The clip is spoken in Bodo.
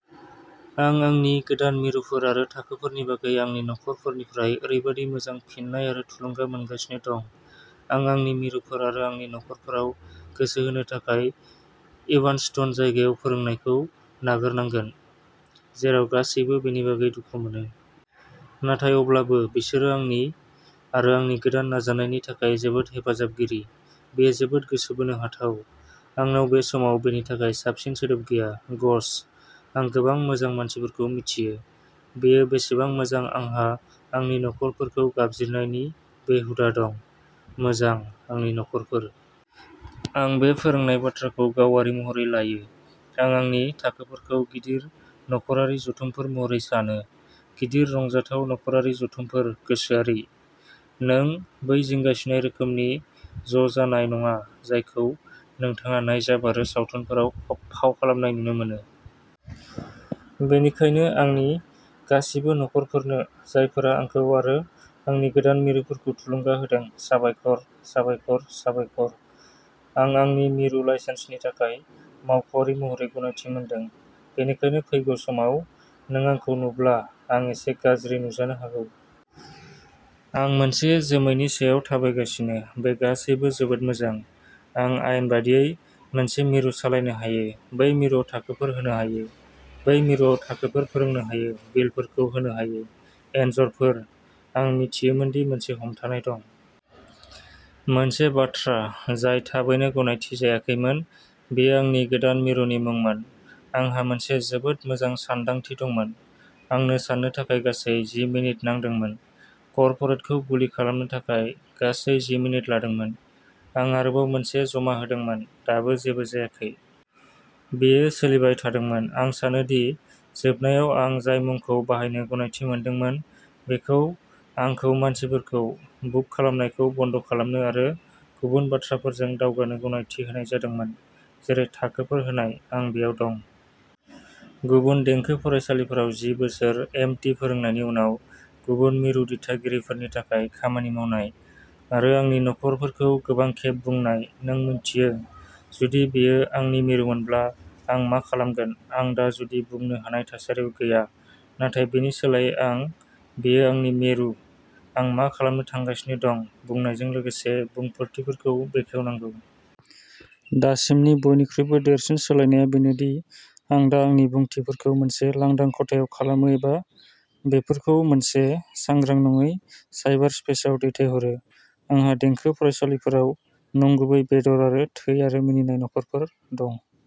आं आंनि गोदान मिरुफोर आरो थाखोफोरनि बागै आंनि नखरफोरनिफ्राय ओरैबादि मोजां फिननाय आरो थुलुंगा मोनगासिनो दं। आं आंनि मिरुफोर आरो आंनि नखरफोराव गोसो होनो थाखाय इभान्सटन जायगायाव फोरोंनायखौ नागारनांगोन, जेराव गासैबो बेनि बागै दुखु मोनो। नाथाय अब्लाबो, बिसोर आंनि आरो आंनि गोदान नाजानायनि थाखाय जोबोद हेफाजाबगिरि। बेयो जोबोद गोसो बोनो हाथाव, आंनाव बे समाव बेनि थाखाय साबसिन सोदोब गैया। ग'श, आं गोबां मोजां मानसिफोरखौ मिथियो, बेयो बेसेबां मोजां आंहा आंनि नखरफोरखौ गाबज्रिनायनि बे हुदा दं, मोजां, आंनि नखरफोर। आं बे फोरोंनाय बाथ्राखौ गावारि महरै लायो। आं आंनि थाखोफोरखौ गिदिर नखरारि जथुमफोर महरै सानो। गिदिर, रंजाथाव नखरारि जथुमफोर, गोसोआरि। नों, बै जिंगासिनाय रोखोमनि ज' जानाय नङा जायखौ नोंथाङा नायजाब आरो सावथुनफोराव फाव खालामनाय नुनो मोनो। बेनिखायनो, आंनि गासिबो नखरफोरनो जायफोरा आंखौ आरो आंनि गोदान मिरुफोरखौ थुलुंगा होदों, साबायखर, साबायखर, साबायखर। आं आंनि मिरु लाइसेन्सनि थाखाय मावख'आरि महरै गनायथि मोनदों, बेनिखायनो फैगौ समाव नों आंखौ नुब्ला आं एसे गाज्रि नुजानो हागौ। आं मोनसे जोमैनि सायाव थाबायगासिनो, बे गासैबो जोबोद मोजां। आं आयेन बायदियै मोनसे मिरु सालायनो हायो, बै मिरुआव थाखोफोर होनो हायो, बै मिरुआव थाखोफोर फोरोंनो हायो, बिलफोरखौ होनो हायो। एनजरफोर, आं मिथियोमोन दि मोनसे हमथानाय दं। मोनसे बाथ्रा जाय थाबैनो गनायथि जायाखैमोन बेयो आंनि गोदान मिरुनि मुंमोन। आंहा मोनसे जोबोद मोजां सानदांथि दंमोन, आंनो साननो थाखाय गासै जि मिनिट नांदोंमोन, कर्परेटखौ गुलि खालामनो थाखाय गासै जि मिनिट लादोंमोन। आं आरोबाव मोनसे जमा होदोंमोन, दाबो जेबो जायाखै। बेयो सोलिबाय थादोंमोन। आं सानो दि जोबनायाव आं जाय मुंखौ बाहायनो गनायथि मोनदोंमोन बेखौ आंखौ मानसिफोरखौ बुग खालामनायखौ बन्द खालामनो आरो गुबुन बाथ्राफोरजों दावगानो गनायथि होनाय जादोंमोन, जेरै थाखोफोर होनाय। आं बेयाव दं। गुबुन देंखो फरायसालिफोराव जि बोसोर एम टि फोरोंनायनि उनाव, गुबुन मिरु दिथागिरिफोरनि थाखाय खामानि मावनाय, आरो आंनि नखरफोरखौ गोबां खेब बुंनाय, नों मिन्थियो, जुदि बेयो आंनि मिरुमोनब्ला, आं मा खालामगोन आं दा जुदि बुंनो हानाय थासारियाव गैया नाथाय बेनि सोलायै आं बेयो आंनि मिरु, आं मा खालामनो थांगासिनो दं बुंनायजों लोगोसे बुंफोरथिफोरखौ बेखेवनांगौ। दासिमनि बयनिख्रुइबो देरसिन सोलायनायआ बेनो दि आं दा आंनि बुंफोरथिफोरखौ मोनसे लांदां खथायाव खालामो एबा बेफोरखौ मोनसे सांग्रां नङै साइबारस्पेसआव दैथायहरो। आंहा देंखो फरायसालिफोराव नंगुबै बेदर आरो थै आरो मिनिनाय नखरफोर दं।